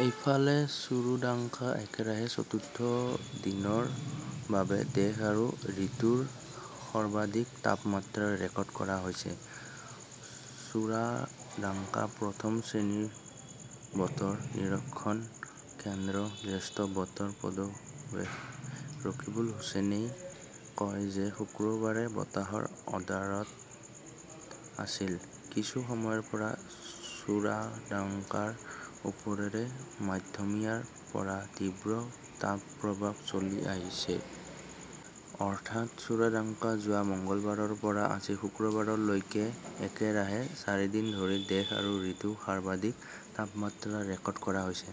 ইফালে, চুয়াডাঙ্গাএকেৰাহে চতুৰ্থ দিনৰ বাবে দেশ আৰু ঋতুৰ সৰ্বাধিক তাপমাত্ৰা ৰেকৰ্ড কৰা হৈছে। চুয়াডাঙ্গা প্ৰথম শ্ৰেণীৰ বতৰ নিৰীক্ষণ কেন্দ্ৰৰ জ্যেষ্ঠ বতৰ পৰ্যবেক্ষক ৰকিবুল হাছানে কয় যে শুক্ৰবাৰে বতাহৰ আৰ্দ্ৰতা আছিল। কিছু সময়ৰ পৰা চুয়াডাঙ্গাৰ ওপৰেৰে মধ্যমীয়াৰ পৰা তীব্ৰ তাপপ্ৰৱাহ চলি আহিছে। অৰ্থাৎ, চুয়াডাঙ্গাত যোৱা মঙলবাৰৰ পৰা আজি শুক্ৰবাৰলৈকে একেৰাহে চাৰিদিন ধৰি দেশ আৰু ঋতুৰ সৰ্বাধিক তাপমাত্ৰা ৰেকৰ্ড কৰা হৈছে।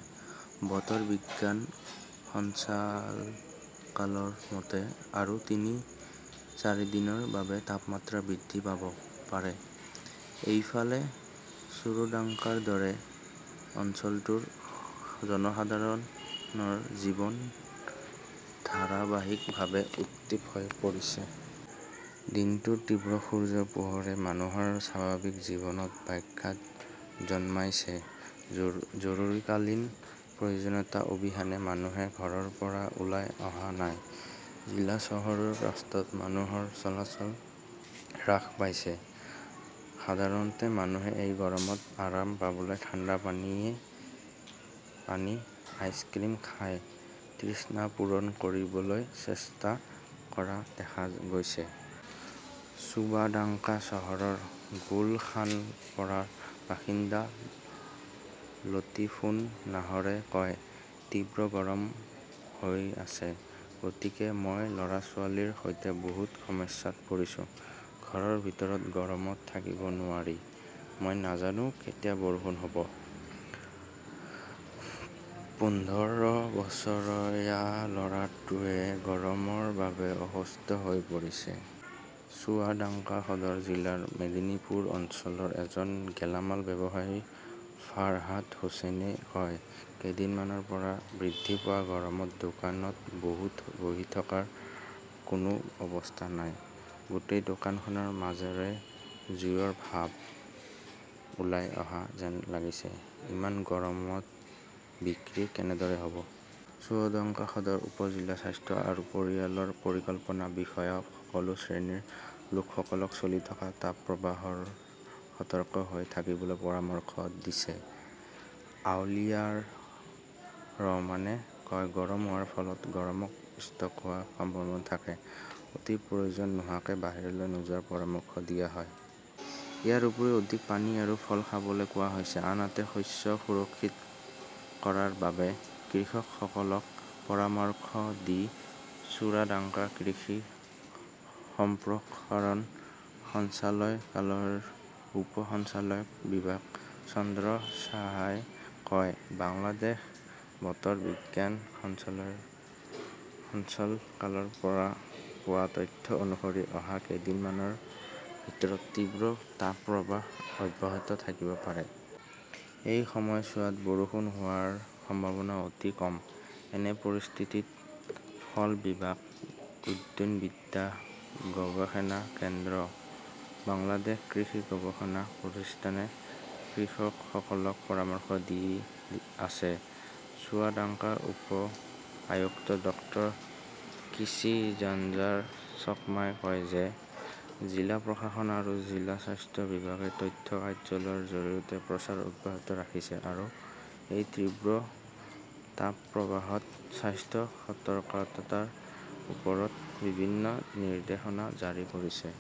বতৰ বিজ্ঞান সঞ্চালকালয়ৰ মতে আৰু তিনি, চাৰিদিনৰ বাবে তাপমাত্ৰা বৃদ্ধি পাব পাৰে। ইফালে, চুৱাডাঙ্গাৰ দৰে অঞ্চলটোৰ জনসাধাৰণৰ জীৱন ধাৰাবাহিকভাৱে উত্তপ্ত হৈ পৰিছে। দিনটোৰ তীব্ৰ সূৰ্যৰ পোহৰে মানুহৰ স্বাভাৱিক জীৱনত ব্যাঘাত জন্মাইছে। জৰুৰীকালীন প্ৰয়োজনীয়তা অবিহনে মানুহে ঘৰৰ পৰা ওলাই অহা নাই। জিলা চহৰৰ ৰাস্তাত মানুহৰ চলাচল হ্ৰাস পাইছে। সাধাৰণ মানুহে এই গৰমত আৰাম পাবলৈ ঠাণ্ডা পানীয়, পানী, আইচক্ৰীম খাই তৃষ্ণা পূৰণ কৰিবলৈ চেষ্টা কৰা দেখা গৈছে। চুৱাডাঙ্গা চহৰৰ গুলশানপাৰাৰ বাসিন্দা লতিফুন নাহৰে কয়, "তীব্ৰ গৰম হৈ আছে। গতিকে মই ল'ৰা-ছোৱালীৰ সৈতে বহুত সমস্যাত পৰিছোঁ। ঘৰৰ ভিতৰত গৰমত থাকিব নোৱাৰি। মই নাজানো কেতিয়া বৰষুণ হ'ব। পোন্ধৰ বছৰীয়া ল'ৰাটোও গৰমৰ বাবে অসুস্থ হৈ পৰিছে।" চুয়াডাঙ্গা সদৰ জিলাৰ মোমিনপুৰ অঞ্চলৰ এজন গেলামাল ব্যৱসায়ী ফাৰহাদ হুচেইনে কয়, "কেইদিনমানৰ পৰা বৃদ্ধি পোৱা গৰমত দোকানত বহি থকাৰ কোনো অৱস্থা নাই।" গোটেই দোকানখনৰ মাজেৰে জুইৰ বাষ্প ওলাই অহা যেন লাগিছে। ইমান গৰমত বিক্ৰী কেনেদৰে হ'ব। চুৱাডাঙ্গা সদৰ উপ-জিলাৰ স্বাস্থ্য আৰু পৰিয়াল পৰিকল্পনা বিষয়াই সকলো শ্ৰেণীৰ লোকসকলক চলি থকা তাপপ্ৰৱাহেৰে সতৰ্ক হৈ থাকিবলৈ পৰামৰ্শ দিছে। আওলিয়াৰ ৰহমানে কয়,"গৰম হোৱাৰ ফলত গৰম ষ্ট্ৰোক হোৱাৰ সম্ভাৱনা থাকে। অতি প্ৰয়োজন নোহোৱাকৈ বাহিৰলৈ নোযোৱাৰ পৰামৰ্শও দিয়া হয়। ইয়াৰ উপৰিও অধিক পানী আৰু ফল খাবলৈ কোৱা হৈছে।" আনহাতে, শস্য সুৰক্ষিত কৰাৰ বাবে কৃষকসকলক পৰামৰ্শ দি চুয়াডাঙ্গা কৃষি সম্প্ৰসাৰণ সঞ্চালকালয়ৰ উপ সঞ্চালক বিভাস চন্দ্ৰ সাহাই কয়, "বাংলাদেশ বতৰ বিজ্ঞান সঞ্চালকালয়ৰ পৰা পোৱা তথ্য অনুসৰি, অহা কেইদিনমানৰ ভিতৰত তীব্ৰ তাপপ্ৰৱাহ অব্যাহত থাকিব পাৰে। এই সময়ছোৱাত বৰষুণ হোৱাৰ সম্ভাৱনা অতি কম। এনে পৰিস্থিতিত ফল বিভাগ, উদ্যানবিদ্যা গৱেষণা কেন্দ্ৰ, বাংলাদেশ কৃষি গৱেষণা প্ৰতিষ্ঠানে কৃষকসকলক পৰামৰ্শ দি আছে।" চুৱাডাঙ্গাৰ উপ-আয়ুক্ত ডাঃ কিচিঞ্জাৰ চাকমাই কয় যে, জিলা প্ৰশাসন আৰু জিলা স্বাস্থ্য বিভাগে তথ্য কাৰ্যালয়ৰ জৰিয়তে প্ৰচাৰ অব্যাহত ৰাখিছে আৰু এই তীব্ৰ তাপপ্ৰৱাহত স্বাস্থ্য সতৰ্কতাৰ ওপৰত বিভিন্ন নিৰ্দেশনা জাৰি কৰিছে।